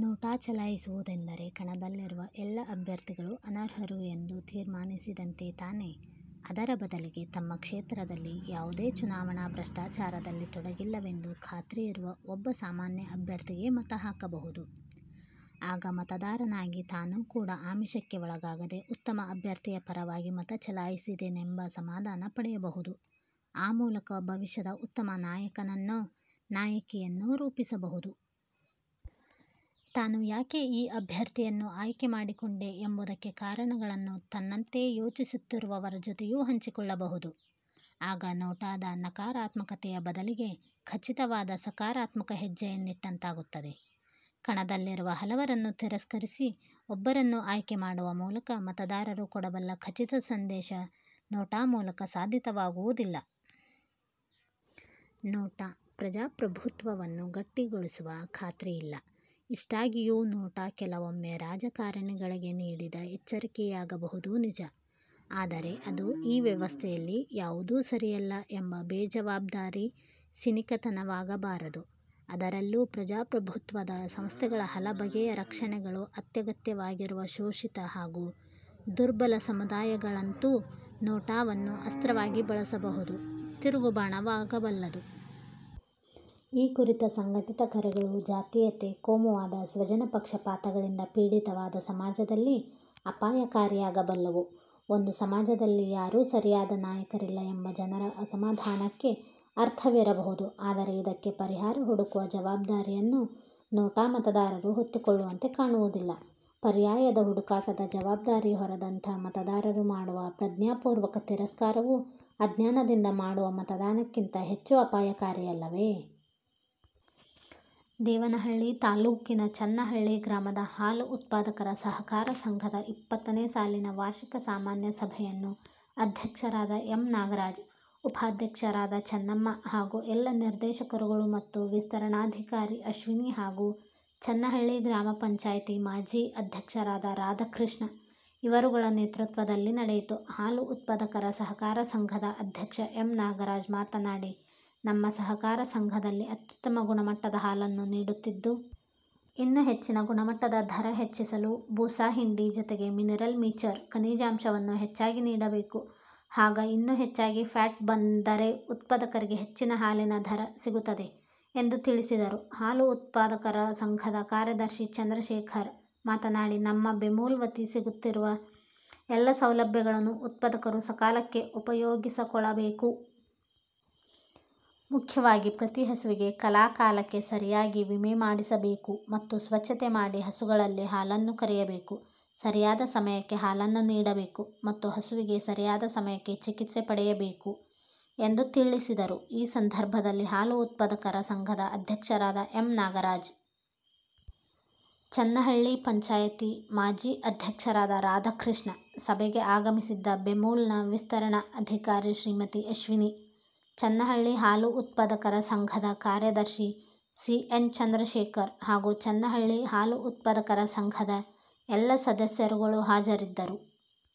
'NOTA' ಚಲಾಯಿಸುವುದೆಂದರೆ, ಕಣದಲ್ಲಿರುವ ಎಲ್ಲ ಅಭ್ಯರ್ಥಿಗಳೂ ಅನರ್ಹರು ಎಂದು ತೀರ್ಮಾನಿಸಿದಂತೆ ತಾನೆ? ಅದರ ಬದಲಿಗೆ, ತಮ್ಮ ಕ್ಷೇತ್ರದಲ್ಲಿ ಯಾವುದೇ ಚುನಾವಣಾ ಭ್ರಷ್ಟಾಚಾರದಲ್ಲಿ ತೊಡಗಿಲ್ಲವೆಂದು ಖಾತ್ರಿಯಿರುವ ಒಬ್ಬ ಸಾಮಾನ್ಯ ಅಭ್ಯರ್ಥಿಗೇ ಮತ ಹಾಕಬಹುದು. ಆಗ ಮತದಾರನಾಗಿ ತಾನು ಕೂಡ ಆಮಿಷಕ್ಕೆ ಒಳಗಾಗದೆ ಉತ್ತಮ ಅಭ್ಯರ್ಥಿಯ ಪರವಾಗಿ ಮತ ಚಲಾಯಿಸಿದೆನೆಂಬ ಸಮಾಧಾನಪಡೆಯಬಹುದು; ಆ ಮೂಲಕ ಭವಿಷ್ಯದ ಉತ್ತಮ ನಾಯಕನನ್ನೋ, ನಾಯಕಿಯನ್ನೋ ರೂಪಿಸಬಹುದು. ತಾನು ಯಾಕೆ ಈ ಅಭ್ಯರ್ಥಿಯನ್ನು ಆಯ್ಕೆ ಮಾಡಿಕೊಂಡೆ ಎಂಬುದಕ್ಕೆ ಕಾರಣಗಳನ್ನು ತನ್ನಂತೆ ಯೋಚಿಸುತ್ತಿರುವವರ ಜೊತೆಯೂ ಹಂಚಿಕೊಳ್ಳಬಹುದು. ಆಗ 'ನೋಟಾ'ದ ನಕರಾತ್ಮಕತೆಯ ಬದಲಿಗೆ ಖಚಿತವಾದ ಸಕಾರಾತ್ಮಕ ಹೆಜ್ಜೆಯನ್ನಿಟ್ಟಂತಾಗುತ್ತದೆ. ಕಣದಲ್ಲಿರುವ ಹಲವರನ್ನು ತಿರಸ್ಕರಿಸಿ, ಒಬ್ಬರನ್ನು ಆಯ್ಕೆ ಮಾಡುವ ಮೂಲಕ ಮತದಾರರು ಕೊಡಬಲ್ಲ ಖಚಿತ ಸಂದೇಶ 'ನೋಟಾ' ಮೂಲಕ ಸಾಧಿತವಾಗುವುದಿಲ್ಲ. 'ನೋಟಾ' ಪ್ರಜಾಪ್ರಭುತ್ವವನ್ನು ಗಟ್ಟಿಗೊಳಿಸುವ ಖಾತ್ರಿಯಿಲ್ಲ. ಇಷ್ಟಾಗಿಯೂ, 'ನೋಟಾ' ಕೆಲವೊಮ್ಮೆ ರಾಜಕಾರಣಿಗಳಿಗೆ ನೀಡಿದ ಎಚ್ಚರಿಕೆಯಾಗಬಹುದು, ನಿಜ. ಆದರೆ ಅದು 'ಈ ವ್ಯವಸ್ಥೆಯಲ್ಲಿ ಯಾವುದೂ ಸರಿಯಲ್ಲ' ಎಂಬ ಬೇಜವಾಬ್ದಾರಿ ಸಿನಿಕತನವಾಗಬಾರದು. ಅದರಲ್ಲೂ, ಪ್ರಜಾಪ್ರಭುತ್ವದ ಸಂಸ್ಥೆಗಳ ಹಲಬಗೆಯ ರಕ್ಷಣೆಗಳು ಅತ್ಯಗತ್ಯವಾಗಿರುವ ಶೋಷಿತ ಹಾಗೂ ದುರ್ಬಲ ಸಮುದಾಯಗಳಂತೂ 'ನೋಟಾ'ವನ್ನು ಅಸ್ತ್ರವಾಗಿ ಬಳಸುವುದು ತಿರುಗುಬಾಣವಾಗಬಲ್ಲದು. ಈ ಕುರಿತ ಸಂಘಟಿತ ಕರೆಗಳು ಜಾತೀಯತೆ, ಕೋಮುವಾದ, ಸ್ವಜನಪಕ್ಷಪಾತಗಳಿಂದ ಪೀಡಿತವಾದ ಸಮಾಜದಲ್ಲಿ ಅಪಾಯಕಾರಿಯಾಗಬಲ್ಲವು. ಒಂದು ಸಮಾಜದಲ್ಲಿ ಯಾರೂ ಸರಿಯಾದ ನಾಯಕರಿಲ್ಲ ಎಂಬ ಜನರ ಅಸಮಾಧಾನಕ್ಕೆ ಅರ್ಥವಿರಬಹುದು. ಆದರೆ ಇದಕ್ಕೆ ಪರಿಹಾರ ಹುಡುಕುವ ಜವಾಬ್ದಾರಿಯನ್ನು 'ನೋಟಾ' ಮತದಾರರು ಹೊತ್ತುಕೊಳ್ಳುವಂತೆ ಕಾಣುವುದಿಲ್ಲ. ಪರ್ಯಾಯದ ಹುಡುಕಾಟದ ಜವಾಬ್ದಾರಿ ಹೊರದಂಥ ಮತದಾರರು ಮಾಡುವ ಪ್ರಜ್ಞಾಪೂರ್ವಕ ತಿರಸ್ಕಾರವು ಅಜ್ಞಾನದಿಂದ ಮಾಡುವ ಮತದಾನಕ್ಕಿಂತ ಹೆಚ್ಚು ಅಪಾಯಕಾರಿಯಲ್ಲವೇ? ದೇವನಹಳ್ಳಿ ತಾಲ್ಲೂಕಿನ ಚನ್ನಹಳ್ಳಿ ಗ್ರಾಮದ ಹಾಲು ಉತ್ಪಾದಕರ ಸಹಕಾರ ಸಂಘದ ಇಪ್ಪತ್ತನೇ ಸಾಲಿನ ವಾರ್ಷಿಕ ಸಾಮಾನ್ಯ ಸಭೆಯನ್ನು ಅಧ್ಯಕ್ಷರಾದ ಎಮ್ ನಾಗರಾಜ್. ಉಪಾಧ್ಯಕ್ಷರಾದ ಚನ್ನಮ್ಮ. ಹಾಗು ಎಲ್ಲ ನಿರ್ದೇಶಕರುಗಳು ಮತ್ತು ವಿಸ್ತರಣಾಧಿಕಾರಿ ಅಶ್ವಿನಿ ಹಾಗು ಚನ್ನಹಳ್ಳಿ ಗ್ರಾಮಪಂಚಾಯಿತಿ ಮಾಜಿ ಅಧ್ಯಕ್ಷರಾದ ರಾಧಕೃಷ್ಣ ಇವರುಗಳ ನೇತೃತ್ವದಲ್ಲಿ ನಡೆಯಿತು ಹಾಲು ಉತ್ಪದಕರ ಸಹಕಾರ ಸಂಘದ ಅಧ್ಯಕ್ಷ ಎಮ್ ನಾಗಾರಾಜ್ ಮಾತನಾಡಿ ನಮ್ಮ ಸಹಕಾರ ಸಂಘದಲ್ಲಿ ಅತ್ಯುತಮ ಗುಣಮಟ್ಟದ ಹಾಲನ್ನು ನೀಡುತ್ತಿದ್ದು. ಇನ್ನು ಹೆಚ್ಚಿನ ಗುಣಮಟ್ಟ ಧರ ಹೆಚ್ಚಿಸಲು ಬೂಸಾ ಹಿಂಡಿ ಜೊತೆಗೆ ಮಿನಿರಲ್ ಮಿಚರ್ ಕನಿಜಾಂಶವನ್ನು ಹೆಚ್ಚಾಗಿ ನೀಡಬೇಕು ಹಾಗ ಇನ್ನು ಹೆಚ್ಚಾಗಿ ಪ್ಯಾಟ್ ಬಂದ್ದರೆ ಉತ್ಪದಕರಿಗೆ ಹೆಚ್ಚಿನ ಹಾಲಿನ ಧರ ಸಿಗುತದೆ ಎಂದು ತಿಳಿಸಿದರು ಹಾಲು ಉತ್ಪಾದಕರ ಸಂಘದ ಕಾರ್ಯದಶಿ ಚಂದ್ರಶೇಖರ್ ಮಾತನಾಡಿ ನಮ್ಮ ಬೆಮೂಲ್ ವತಿ ಸಿಗುತ್ತಿರುವ ಎಲ್ಲ ಸೌಲಭ್ಯಗಳನ್ನು ಉತ್ಪದಕರು ಸಕಾಲಕ್ಕೆ ಉಪಯೋಗಿಸಕೊಳಬೇಕು. ಮುಖ್ಯವಾಗಿ ಪ್ರತಿ ಹಸುವಿಗೆ ಕಲಾಕಾಲಕೆ ಸರಿಯಾಗಿ ವಿಮೆಮಾಡಿಸ ಬೇಕು ಮತ್ತು ಸ್ವಚ್ಛತೆ ಮಾಡಿ ಹಸುಗಳಲ್ಲಿ ಹಾಲನ್ನು ಕರೆಯಬೇಕು ಸರಿಯಾದ ಸಮಯಕೆ ಹಾಲನ್ನು ನೀಡಬೇಕು ಮತ್ತು ಹಸುವಿಗೆ ಸರಿಯಾದ ಸಮಯಕೆ ಚಿಕಿತ್ಸೆ ಪಡೆಯಬೇಕು ಎಂದು ತಿಳ್ಳಿಸಿದರು ಈ ಸಂದರ್ಭದಲ್ಲಿ ಹಾಲು ಉತ್ಪದಕರ ಸಂಘದ ಅಧ್ಯಕ್ಷರಾದ ಎಮ್ ನಾಗರಾಜ್. ಚನ್ನಹಳ್ಳಿ ಪಂಚಾಯಿತಿ ಮಾಜಿ ಅಧ್ಯಕ್ಷರಾದ ರಾಧಕೃಷ್ಣ. ಸಭೆಗೆ ಆಗಮಿಸಿದ್ದ ಬೆಮೂಲ್ ನ ವಿಸ್ತರಣ ಅಧಿಕಾರಿ ಶ್ರೀಮತಿ ಅಶ್ವಿನಿ. ಚನ್ನಹಳ್ಳಿ ಹಾಲು ಉತ್ಪದಕರ ಸಂಘದ ಕಾರ್ಯದರ್ಶಿ ಸಿ ಎನ್ ಚಂದ್ರಶೇಖರ್ ಹಾಗು ಚನ್ನಹಳ್ಳಿ ಹಾಲು ಉತ್ಪದಕರ ಸಂಘದ ಎಲ್ಲ ಸದಸ್ಯರುಗಳು ಹಾಜರಿದ್ದರು